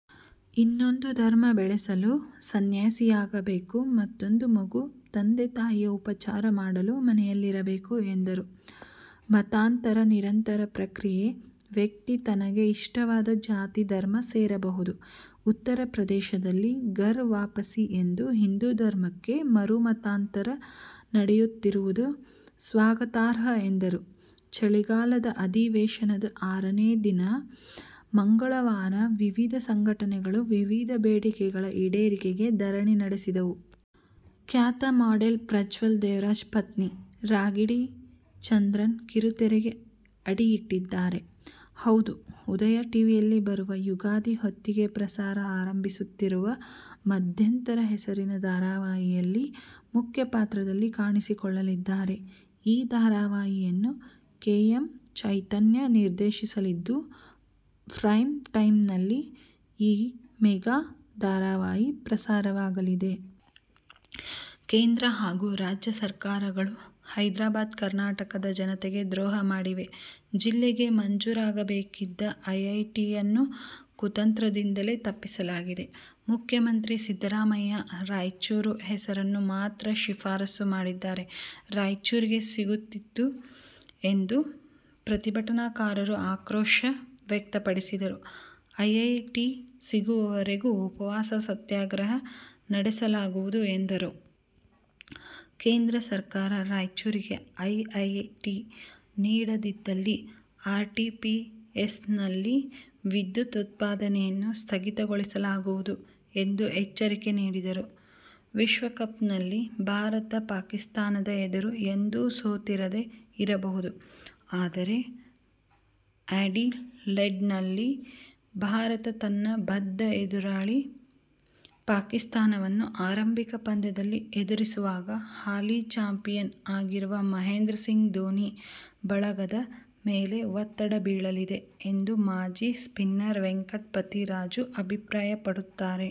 ಇನ್ನೊಂದು ಧರ್ಮ ಬೆಳೆಸಲು ಸನ್ಯಾಸಿಯಾಗಬೇಕು. ಮತ್ತೂಂದು ಮಗು ತಂದೆ-ತಾಯಿಯ ಉಪಚಾರ ಮಾಡಲು ಮನೆಯಲ್ಲಿರಬೇಕು ಎಂದರು. ಮತಾಂತರ ನಿರಂತರ ಪ್ರಕ್ರಿಯೆ. ವ್ಯಕ್ತಿ ತನಗೆ ಇಷ್ಟವಾದ, ಜಾತಿ- ಧರ್ಮ ಸೇರಬಹುದು. ಉತ್ತರಪ್ರದೇಶದಲ್ಲಿ ಘರ್ ವಾಪಸಿ ಎಂದು ಹಿಂದೂ ಧರ್ಮಕ್ಕೆ ಮರುಮತಾಂತರ ನಡೆಯುತ್ತಿರುವುದು ಸ್ವಾಗತಾರ್ಹ ಎಂದರು. ಚಳಿಗಾಲದ ಅಧಿವೇಶನದ ಆರನೇ ದಿನ ಮಂಗಳವಾರ ವಿವಿಧ ಸಂಘಟನೆಗಳು ವಿವಿಧ ಬೇಡಿಕೆಗಳ ಈಡೇರಿಕೆಗೆ ಧರಣಿ ನಡೆಸಿದವು. ಖ್ಯಾತ ಮಾಡೆಲ್, ಪ್ರಜ್ವಲ್ ದೇವರಾಜ್ ಪತ್ನಿ ರಾಗಿಣಿ ಚಂದ್ರನ್ ಕಿರುತೆರೆಗೆ ಅಡಿ ಇಟ್ಟಿದ್ದಾರೆ. ಹೌದು, ಉದಯ ಟಿವಿಯಲ್ಲಿ ಬರುವ ಯುಗಾದಿ ಹೊತ್ತಿಗೆ ಪ್ರಸಾರ ಆರಂಭಿಸುತ್ತಿರುವ "ಮಧ್ಯಂತರ' ಹೆಸರಿನ ಧಾರಾವಾಹಿಯಲ್ಲಿ ಮುಖ್ಯ ಪಾತ್ರದಲ್ಲಿ ಕಾಣಿಸಿಕೊಳ್ಳಲಿದ್ದಾರೆ. ಈ ಧಾರಾವಾಹಿಯನ್ನು ಕೆ. ಎಂ. ಚೈತನ್ಯ ನಿರ್ದೇಶಿಸಲಿದ್ದು ಪ್ರೈಮ್ ಟೈಮ್ನಲ್ಲಿ ಈ ಮೆಗಾ ಧಾರಾವಾಹಿ ಪ್ರಸಾರವಾಗಲಿದೆ. ಕೇಂದ್ರ ಹಾಗೂ ರಾಜ್ಯ ಸರ್ಕಾರಗಳು ಹೈದ್ರಾಬಾದ್ ಕರ್ನಾಟಕದ ಜನತೆಗೆ ದ್ರೋಹ ಮಾಡಿವೆ. ಜಿಲ್ಲೆಗೆ ಮಂಜೂರಾಗಬೇಕಿದ್ದ ಐಐಟಿಯನ್ನು ಕುತಂತ್ರದಿಂದಲೇ ತಪ್ಪಿಸಲಾಗಿದೆ. ಮುಖ್ಯಮಂತ್ರಿ ಸಿದ್ದರಾಮಯ್ಯ ರಾಯಚೂರು ಹೆಸರನ್ನು ಮಾತ್ರ ಶಿಫಾರಸು ಮಾಡಿದ್ದರೆ ರಾಯಚೂರಿಗೆ ಸಿಗುತ್ತಿತ್ತು ಎಂದು ಪ್ರತಿಭಟನಾಕಾರರು ಆಕ್ರೋಶ ವ್ಯಕ್ತಪಡಿಸಿದರು. ಐಐಟಿ ಸಿಗುವವರೆಗೂ ಉಪವಾಸ ಸತ್ಯಾಗ್ರಹ ನಡೆಸಲಾಗುವುದು ಎಂದರು. ಕೇಂದ್ರ ಸರ್ಕಾರ ರಾಯಚೂರಿಗೆ ಐಐಟಿ ನೀಡದಿದ್ದಲ್ಲಿ ಆರ್ಟಿಪಿಎಸ್ನಲ್ಲಿ ವಿದ್ಯುತ್ ಉತ್ಪಾದನೆಯನ್ನು ಸ್ಥಗಿತಗೊಳಿಸಲಾಗುವುದು ಎಂದು ಎಚ್ಚರಿಕೆ ನೀಡಿದರು. ವಿಶ್ವಕಪ್ನಲ್ಲಿ ಭಾರತ ಪಾಕಿಸ್ಥಾನದ ಎದುರು ಎಂದೂ ಸೋತಿರದೆ ಇರಬಹುದು. ಆದರೆ ಆ್ಯಡಿಲೇಡ್ನಲ್ಲಿ ಭಾರತ ತನ್ನ ಬದ್ಧ ಎದುರಾಳಿ ಪಾಕಿಸ್ಥಾನವನ್ನು ಆರಂಭಿಕ ಪಂದ್ಯದಲ್ಲಿ ಎದುರಿಸುವಾಗ ಹಾಲಿ ಚಾಂಪಿಯನ್ ಆಗಿರುವ ಮಹೇಂದ್ರ ಸಿಂಗ್ ಧೋನಿ ಬಳಗದ ಮೇಲೆ ಒತ್ತಡ ಬೀಳಲಿದೆ ಎಂದು ಮಾಜಿ ಸ್ಪಿನ್ನರ್ ವೆಂಕಟಪತಿ ರಾಜು ಅಭಿಪ್ರಾಯಪಡುತ್ತಾರೆ.